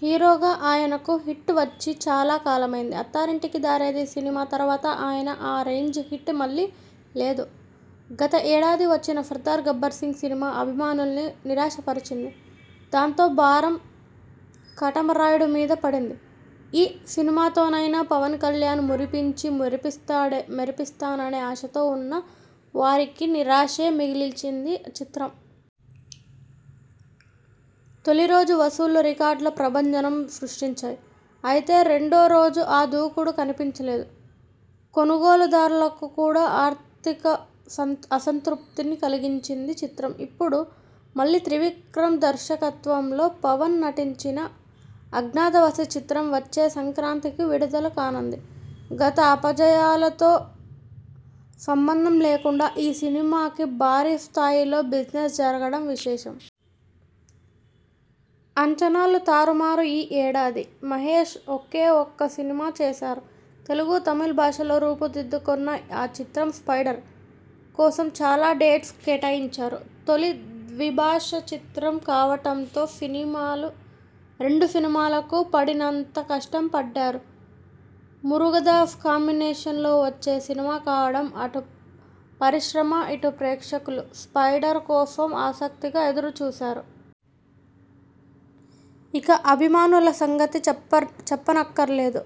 హీరోగా ఆయనకు హిట్ వచ్చి చాలా కాలమైంది. 'అత్తారింటికి దారేది' సినిమా తర్వాత ఆయన ఆ రేంజ్ హిట్ మళ్లీ లేదు. గత ఏడాది వచ్చిన 'సర్దార్ గబ్బర్సింగ్' సినిమా అభిమానుల్ని నిరాశపరిచింది. దాంతో భారం 'కాటమరాయుడు' మీద పడింది. ఈ సినిమాతోనైనా పవన్ కళ్యాణ్ మురిపించి మెరిపిస్తాననే ఆశతో ఉన్న వారికి నిరాశే మిగిల్చిందీ చిత్రం. తొలి రోజు వసూళ్లు రికార్డుల ప్రభంజనం సృష్టించాయి. అయితే రెండో రోజు ఆ దూకుడు కనిపించలేదు. కొనుగోలుదారులకు కూడా ఆర్ఠిక అసంతృప్తిని కలిగించిందీ చిత్రం. ఇప్పుడు మళ్లీ త్రివిక్రమ్ దర్శకత్వంలో పవన్ నటించిన 'అజ్ఞాతవాసి' చిత్రం వచ్చే సంక్రాంతికి విడుదల కానుంది. గత అపజయాలతో సంబంధం లేకుండా ఈ సినిమాకి భారీ స్థాయిలో బిజినెస్ జరగడం విశేషం. అంచనాలు తారుమారు ఈ ఏడాది మహేశ్ ఒకే ఒక్క సినిమా చేశారు. తెలుగు, తమిళ భాషల్లో రూపుదిద్దుకొన్న ఆ చిత్రం 'స్పైడర్' కోసం చాలా డేట్స్ కేటాయించారు. తొలి ద్విభాషా చిత్రం కావడంతో రెండు సినిమాలకు పడినంత కష్టం పడ్డారు. మురుగదాస్ కాంబినేషన్లో వచ్చే సినిమా కావడం అటు పరిశ్రమ, ఇటు ప్రేక్షకులు 'స్పైడర్' కోసం ఆసక్తిగా ఎదురుచూశారు. ఇక అభిమానుల సంగతి చెప్పనక్కర్లేదు.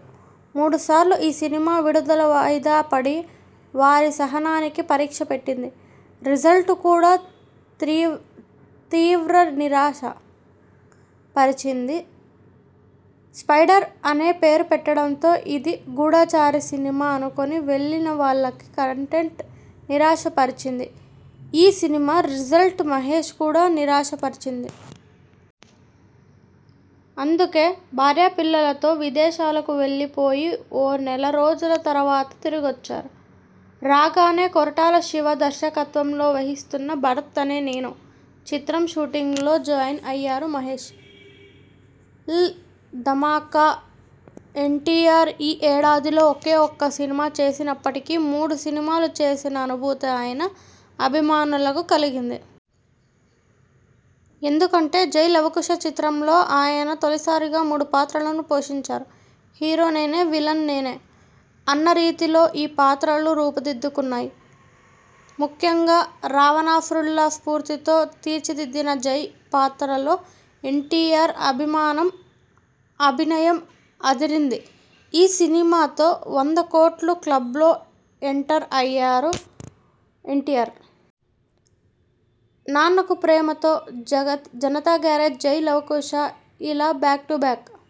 మూడు సార్లు ఈ సినిమా విడుదల వాయిదా పడి వారి సహనానికి పరీక్ష పెట్టింది. రిజల్ట్ కూడా తీవ్రనిరాశ పరిచింది. 'స్పైడర్' అనే పేరు పెట్టడంతో ఇది గూఢచారి సినిమా అనుకొని వెళ్లిన వాళ్లకి కంటెంట్ నిరాశపరిచింది. ఈ సినిమా రిజల్ట్ మహేశ్ కూడా నిరాశపరిచింది. అందుకే భార్యాపిల్లలతో విదేశాలకు వెళ్లి పోయి ఓ నెల రోజుల తర్వాత తిరిగొచ్చారు. రాగానే కొరటాల శివ దర్శకత్వంలో వహిస్తున్న 'భరత్ అనే నేను' చిత్రం షూటింగ్లో జాయిన్ అయ్యారు మహేశ్. ల్ ధమాకా! ఎన్టీఆర్ ఈ ఏడాదిలో ఒకే ఒక్క సినిమా చేసినప్పటికీ మూడు సినిమాలు చూసిన అనుభూతి ఆయన అభిమానులకు కలిగింది. ఎందుకంటే 'జై లవకుశ' చిత్రంలో ఆయన తొలిసారిగా మూడు పాత్రలను పోషించారు. 'హీరో నేనే.. విలన్ నేనే' అన్న రీతిలో ఈ పాత్రలు రూపుదిద్దుకొన్నాయి. ముఖ్యంగా రావణాసురుడి స్ఫూర్త్తితో తీర్చిదిద్దిన 'జై' పాత్రలో ఎన్టీఆర్ అభినయం అదిరింది. ఈ సినిమాతో వంద కోట్ల క్లబ్లో ఎంటర్ అయ్యారు ఎన్టీఆర్. 'నాన్నకు ప్రేమతో', 'జనతా గ్యారేజ్', 'జై లవకుశ'.. ఇలా బ్యాక్ టు బ్యాక్